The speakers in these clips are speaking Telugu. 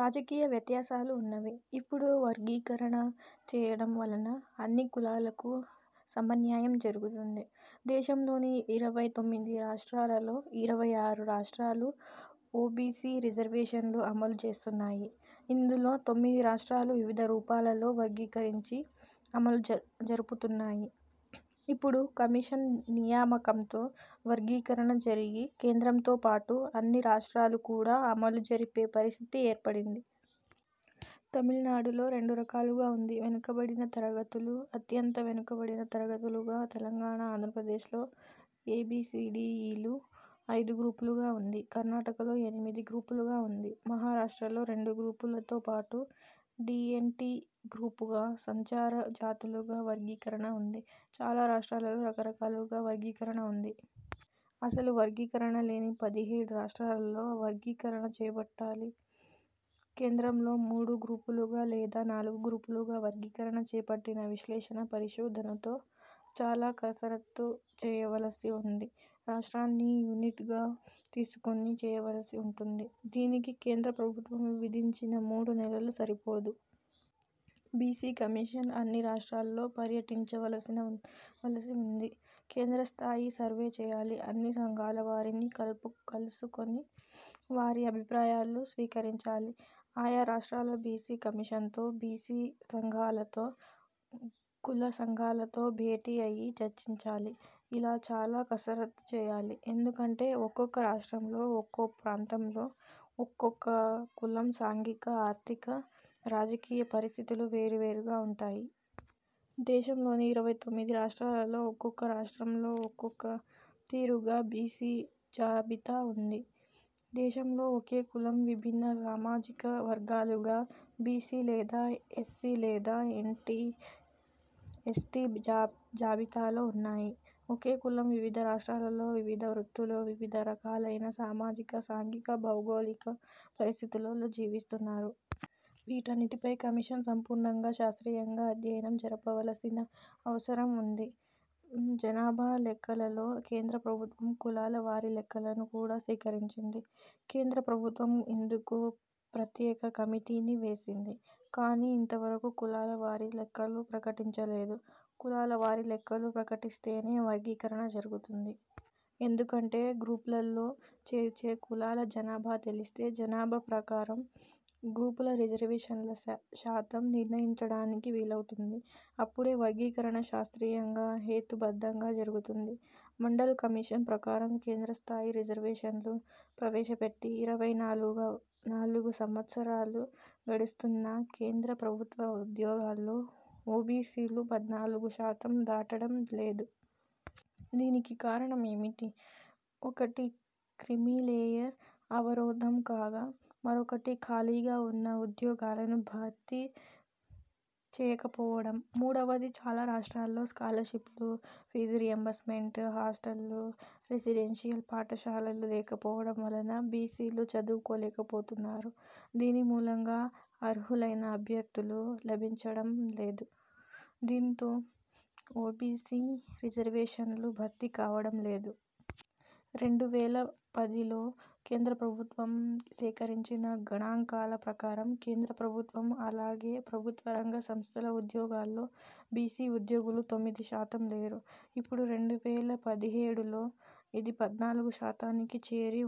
రాజకీయ వ్యత్యాసాలు ఉన్నవి. ఇప్పుడు వర్గీకరణ చేయడం వలన అన్ని కులాలకు సమన్యాయం జరుగుతుంది. దేశంలోని ఇరవై తొమ్మిది రాష్ట్రాలలో ఇరవై ఆరు రాష్ట్రాలు ఓబీసీ రిజర్వేషన్లు అమలు చేస్తున్నాయి. ఇందులో తొమ్మిది రాష్ట్రాలు వివిధ రూపాలలో వర్గీకరించి అమలు జరుపు జరుపుతున్నాయి. ఇప్పుడు కమిషన్ నియామకంతో వర్గీకరణ జరిగి కేంద్రంతో పాటు అన్ని రాష్ట్రాలు కూడా అమలు జరిపే పరిస్థితి ఏర్పడింది. తమిళనాడులో రెండు రకాలుగా ఉంది. వెనుకబడిన తరగతులు, అత్యంత వెనుకబడిన తరగతులుగా, తెలంగాణ, ఆంధ్రప్రదేశ్లో ఏబీసీడీఈ లు ఐదు గ్రూపులుగా ఉంది. కర్ణాటకలో ఎనిమిది గ్రూపులుగా ఉంది. మహారాష్ట్రలో రెండు గ్రూపులతో పాటు డీఎన్టీ గ్రూపుగా, సంచార జాతులుగా వర్గీకరణ ఉంది. చాలా రాష్ట్రాలలో రకరకాలుగా వర్గీకరణ ఉంది. అసలు వర్గీకరణ లేని పదిహేడు రాష్ట్రాలలో వర్గీకరణ చేపట్టాలి. కేంద్రంలో మూడు గ్రూపులుగా లేదా నాలుగు గ్రూపులుగా వర్గీకరణ చేపట్టిన విశ్లేషణ పరిశోధనతో చాలా కసరత్తు చేయవలసి ఉంది. రాష్ట్రాన్ని యూనిట్గా తీసుకొని చేయవలసి ఉంటుంది. దీనికి కేంద్ర ప్రభుత్వం విధించిన మూడు నెలలు సరిపోదు. బీసీ కమిషన్ అన్ని రాష్ట్రాల్లో పర్యటించవలసినా వలసి ఉంది. క్షేత్రస్థాయి సర్వే చేయాలి. అన్ని సంఘాల వారిని కలుపు కలుసుకొని వారి అభిప్రాయాలు స్వీకరించాలి. ఆయా రాష్ట్రాల బీసీ కమిషన్తో, బీసీ సంఘాలతో, కుల సంఘాలతో భేటీ అయ్యి చర్చించాలి. ఇలా చాలా కసరత్తు చేయాలి. ఎందుకంటే ఒక్కొక్క రాష్ట్రంలో ఒక్కో ప్రాంతంలో ఒక్కొక్క కులం సాంఘిక, ఆర్థిక, రాజకీయ పరిస్థితులు వేరు వేరుగా ఉంటాయి. దేశంలోని ఇరవై తొమ్మిది రాష్ట్రాలలో ఒక్కొక్క రాష్ట్రంలో ఒక్కొక తీరుగా బీసీ జాబితా ఉంది. దేశంలో ఒకే కులం విభిన్న సామాజిక వర్గాలుగా బీసీ లేదా ఎస్సీ లేదా ఎన్టీ ఎస్టీ జా జాబితాలో ఉన్నాయి. ఒకే కులం వివిధ రాష్ట్రాలలో వివిధ వృత్తులు, వివిధ రకాలైన సామాజిక, సాంఘిక, భౌగోళిక పరిస్థితులలో జీవిస్తున్నారు. వీటన్నిటిపై కమిషన్ సంపూర్ణంగా, శాస్త్రీయంగా అధ్యయనం జరుపవలసిన అవసరం ఉంది. జనాభా లెక్కలలో కేంద్ర ప్రభుత్వం కులాల వారి లెక్కలను కూడా సేకరించింది. కేంద్ర ప్రభుత్వం ఇందుకు ప్రత్యేక కమిటీని వేసింది. కానీ ఇంతవరకు కులాల వారీ లెక్కలు ప్రకటించలేదు. కులాలవారీ లెక్కలు ప్రకటిస్తేనే వర్గీకరణ జరుగుతుంది. ఎందుకంటే, గ్రూప్లలో చేర్చే కులాల జనాభా తెలిస్తే జనాభా ప్రకారం గ్రూపుల రిజర్వేషన్ల శాతం నిర్ణయించడానికి వీలవుతుంది. అప్పుడే వర్గీకరణ శాస్త్రీయంగా, హేతు బద్ధంగా జరుగుతుంది. మండల్ కమిషన్ ప్రకారం కేంద్ర స్థాయి రిజర్వేషన్లు ప్రవేశపెట్టి ఇరవై నాలుగు నాలుగు సంవ త్సరాలు గడుస్తున్నా కేంద్ర ప్రభుత్వ ఉద్యోగాల్లో ఓబీసీలు పద్నాలుగు శాతం దాటడం లేదు. దీనికి కారణం ఏమిటి? ఒకటి క్రిమీలేయర్ అవరోధం కాగా మరొకటి ఖాళీగా ఉన్న ఉద్యోగాలను భర్తీ చేయకపోవడం. మూడవది చాలా రాష్ట్రాల్లో స్కాలర్షిప్లు, ఫీజు రీయింబర్స్మెంట్, హాస్టళ్ళు, రెసిడెన్షియల్ పాఠశాలలు లేకపోవడం వలన బీసీలు చదువుకోలేకపోతున్నారు. దీని మూలంగా అర్హులైన అభ్యర్థులు లభించడం లేదు. దీనితో ఓబీసీ రిజర్వేషన్లు భర్తీ కావడం లేదు. రెండు వేల పదిలో కేంద్రప్రభుత్వం సేకరించిన గణాంకాల ప్రకారం కేంద్ర ప్రభుత్వం, అలాగే ప్రభుత్వ రంగ సంస్థల ఉద్యోగాల్లో బీసీ ఉద్యోగులు తొమ్మిది శాతం లేరు. ఇప్పుడు రెండు వేల పదిహేడులో ఇది పద్నాలుగు శాతానికి చేరి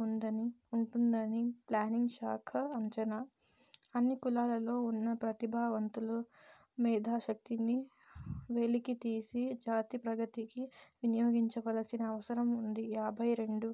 ఉంటుందని ప్లానింగ్ శాఖ అంచనా! అన్ని కులాలలో ఉన్న ప్రతిభావంతుల మేధాశక్తిని వెలికితీసి జాతి ప్రగతికి వినియోగించవలసిన అవసరం ఉంది. యాభై రెండు